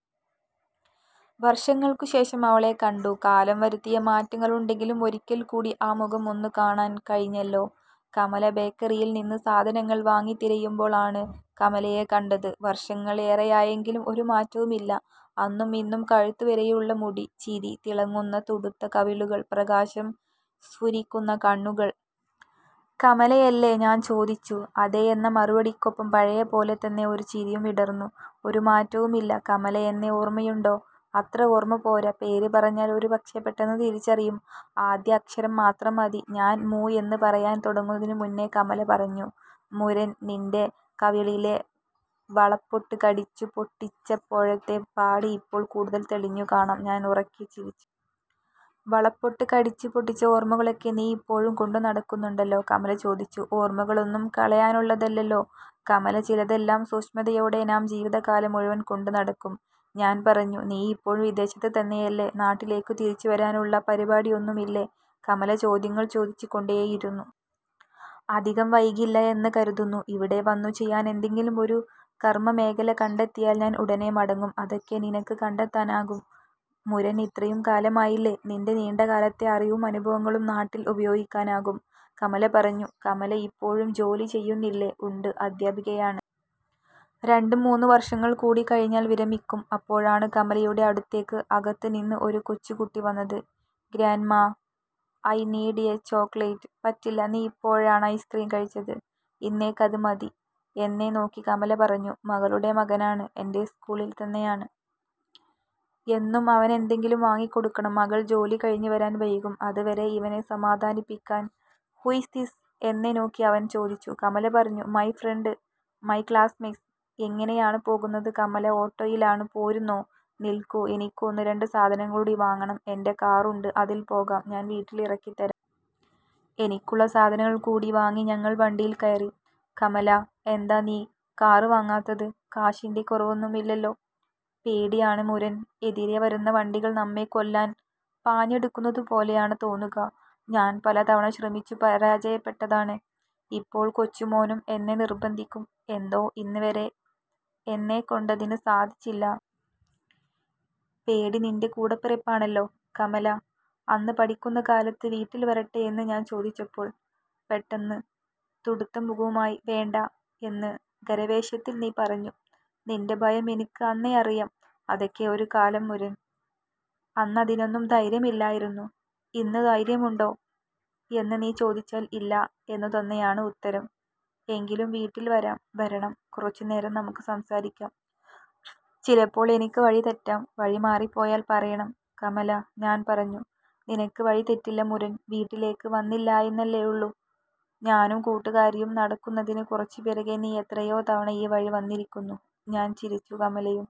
വർഷങ്ങൾക്കുശേഷം അവളെ കണ്ടു, കാലം വരുത്തിയ മാറ്റങ്ങളുണ്ടെങ്കിലും ഒരിക്കൽ കൂടി ആ മുഖം ഒന്ന് കാണാൻ കഴിഞ്ഞല്ലോ... കമല ബേക്കറിയിൽ നിന്ന് സാധനങ്ങൾ വാങ്ങി തിരിയുമ്പോൾ ആണ് കമലയെ കണ്ടത്. വർഷങ്ങൾ ഏറെയായെങ്കിലും ഒരു മാറ്റവുമില്ല. അന്നും ഇന്നും കഴുത്ത് വരെയുള്ള മുടി, ചിരി തിളങ്ങുന്ന തുടുത്ത കവിളുകൾ, പ്രകാശം സ്ഫുരിക്കുന്ന കണ്ണുകൾ. "കമലയല്ലേ" ഞാൻ ചോദിച്ചു. അതെയെന്ന മറുപടിക്കൊപ്പം പഴയപോലെ തന്നെ ഒരു ചിരിയും വിടർന്നു. "ഒരു മാറ്റവുമില്ല കമല, എന്നെ ഓർമയുണ്ടോ" "അത്ര ഓർമ പോര, പേര് പറഞ്ഞാൽ ഒരു പക്ഷെ പെട്ടെന്ന് തിരിച്ചറിയും, ആദ്യ അക്ഷരം മാത്രം മതി". ഞാൻ മു എന്ന് പറയാൻ തുടങ്ങുന്നതിനുമുമ്പേ കമല പറഞ്ഞു, 'മുരൻ, നിന്റെ കവിളിലെ വളപ്പൊട്ട് കടിച്ചു പൊട്ടിച്ചപ്പോഴത്തെ പാട് ഇപ്പോൾ കൂടുതൽ തെളിഞ്ഞു കാണാം' ഞാൻ ഉറക്കെ ചിരിച്ചു. 'വളപ്പൊട്ട് കടിച്ചു പൊട്ടിച്ച ഓർമകളൊക്കെ നീ ഇപ്പോഴും കൊണ്ട് നടക്കുന്നുണ്ടല്ലെ' കമല ചോദിച്ചു. 'ഓർമകളൊന്നും കളയാനുള്ളതല്ലല്ലോ കമല, ചിലതെല്ലാം സൂക്ഷ്മതയോടെ നാം ജീവിതകാലം മുഴുവൻ കൊണ്ട് നടക്കും'. ഞാൻ പറഞ്ഞു. 'നീ ഇപ്പോഴും വിദേശത്ത് തന്നെയല്ലേ, നാട്ടിലേക്കു തിരിച്ചു വരാനുള്ള പരിപാടിയൊന്നുമില്ലേ? ' കമല ചോദ്യങ്ങൾ ചോദിച്ചു കൊണ്ടേയിരുന്നു. 'അധികം വൈകില്ല എന്ന് കരുതുന്നു. ഇവിടെ വന്നു ചെയ്യാൻ എന്തെകിലും ഒരു കർമമേഖല കണ്ടെത്തിയാൽ ഞാൻ ഉടനെ മടങ്ങും'. 'അതൊക്കെ നിനക്ക് കണ്ടെത്താനാകും മുരൻ, ഇത്രയും കാലമായില്ലേ, നിന്റെ നീണ്ടകാലത്തെ അറിവും അനുഭവങ്ങളും നാട്ടിൽ ഉപയോഗിക്കാനാകും'. കമല പറഞ്ഞു. കമല ഇപ്പോഴും ജോലി ചെയ്യുന്നില്ലേ. ഉണ്ട്, അധ്യാപികയാണ്. രണ്ടുമൂന്ന് വർഷങ്ങൾ കൂടി കഴിഞ്ഞാൽ വിരമിക്കും. അപ്പോഴാണ് കമലയുടെ അടുത്തേക്ക് അകത്ത് നിന്ന് ഒരു കൊച്ചു കുട്ടി വന്നത്. 'Grandma, I need a chocolate ' പറ്റില്ല, നീ ഇപ്പോഴാണ് ഐസ്ക്രീം കഴിച്ചത്, ഇന്നേക്ക് അത് മതി. എന്നെ നോക്കി കമല പറഞ്ഞു, 'മകളുടെ മകനാണ്, എന്റെ സ്കൂളിൽ തന്നെയാണ്. എന്നും അവനെന്തെങ്കിലും വാങ്ങി കൊടുക്കണം, മകൾ ജോലി കഴിഞ്ഞു വരാൻ വൈകും, അത് വരെ ഇവനെ സമാധാനിപ്പിക്കാൻ'. 'ഹു ഈസ് ദിസ്' എന്നെ നോക്കി അവൻ ചോദിച്ചു. കമല പറഞ്ഞു, 'മൈ ഫ്രണ്ട്, മൈ ക്ലാസ്മേറ്റ്. 'എങ്ങിനെയാണ് പോകുന്നത് കമല' 'ഓട്ടോയിലാണ്, പോരുന്നോ'. 'നിൽക്കൂ, എനിക്ക് ഒന്ന് രണ്ട് സാധനങ്ങൾ കൂടി വാങ്ങണം, എന്റെ കാറുണ്ട് അതിൽ പോകാം, ഞാൻ വീട്ടിൽ ഇറക്കി തരാം'. എനിക്കുള്ള സാധനങ്ങൾ കൂടി വാങ്ങി ഞങ്ങൾ വണ്ടിയിൽ കയറി. 'കമല എന്താ നീ കാറ് വാങ്ങാത്തത്, കാശിന്റെ കുറവൊന്നുമില്ലല്ലോ' 'പേടിയാണ് മുരൻ, എതിരെ വരുന്ന വണ്ടികൾ നമ്മെ കൊല്ലാൻ പാഞ്ഞടുക്കുന്നതുപോലെയാണ് തോന്നുക, ഞാൻ പല തവണ ശ്രമിച്ചു പരാജയപ്പെട്ടതാണ്. ഇപ്പോൾ കൊച്ചുമോനും എന്നെ നിർബന്ധിക്കും, എന്തോ ഇന്നുവരെ എന്നൊക്കൊണ്ടതിന് സാധിച്ചില്ല'. 'പേടി നിന്റെ കൂടപ്പിറപ്പാണല്ലോ കമല, അന്ന് പഠിക്കുന്ന കാലത്ത് വീട്ടിൽ വരട്ടെ എന്ന് ഞാൻ ചോദിച്ചപ്പോൾ, പെട്ടെന്ന് തുടുത്ത മുഖവുമായി 'വേണ്ട' എന്ന് ശരവേഗത്തിൽ നീ പറഞ്ഞു. നിന്റെ ഭയം എനിക്ക് അന്നേ അറിയാം'. 'അതൊക്കെ ഒരു കാലം മുരൻ, അന്നതിനൊന്നും ധൈര്യമില്ലായിരുന്നു. ഇന്നും ധൈര്യമുണ്ടോ എന്ന് നീ ചോദിച്ചാൽ ഇല്ല എന്നുതന്നെയാണ് ഉത്തരം, എങ്കിലും വീട്ടിൽ വരാം, വരണം, കുറച്ചു നേരം നമുക്ക് സംസാരിക്കാം'. 'ചിലപ്പോൾ എനിക്ക് വഴി തെറ്റാം, വഴിമാറിപോയാൽ പറയണം കമല'. ഞാൻ പറഞ്ഞു. 'നിനക്ക് വഴിതെറ്റില്ല മുരൻ, വീട്ടിലേക്ക് വന്നില്ലായെന്നല്ലേയുള്ളൂ. ഞാനും കൂട്ടുകാരിയും നടക്കുന്നതിന് കുറച്ചു പിറകെ നീ എത്രയോ തവണ ഈ വഴി വന്നിരിക്കുന്നു'. ഞാൻ ചിരിച്ചു, കമലയും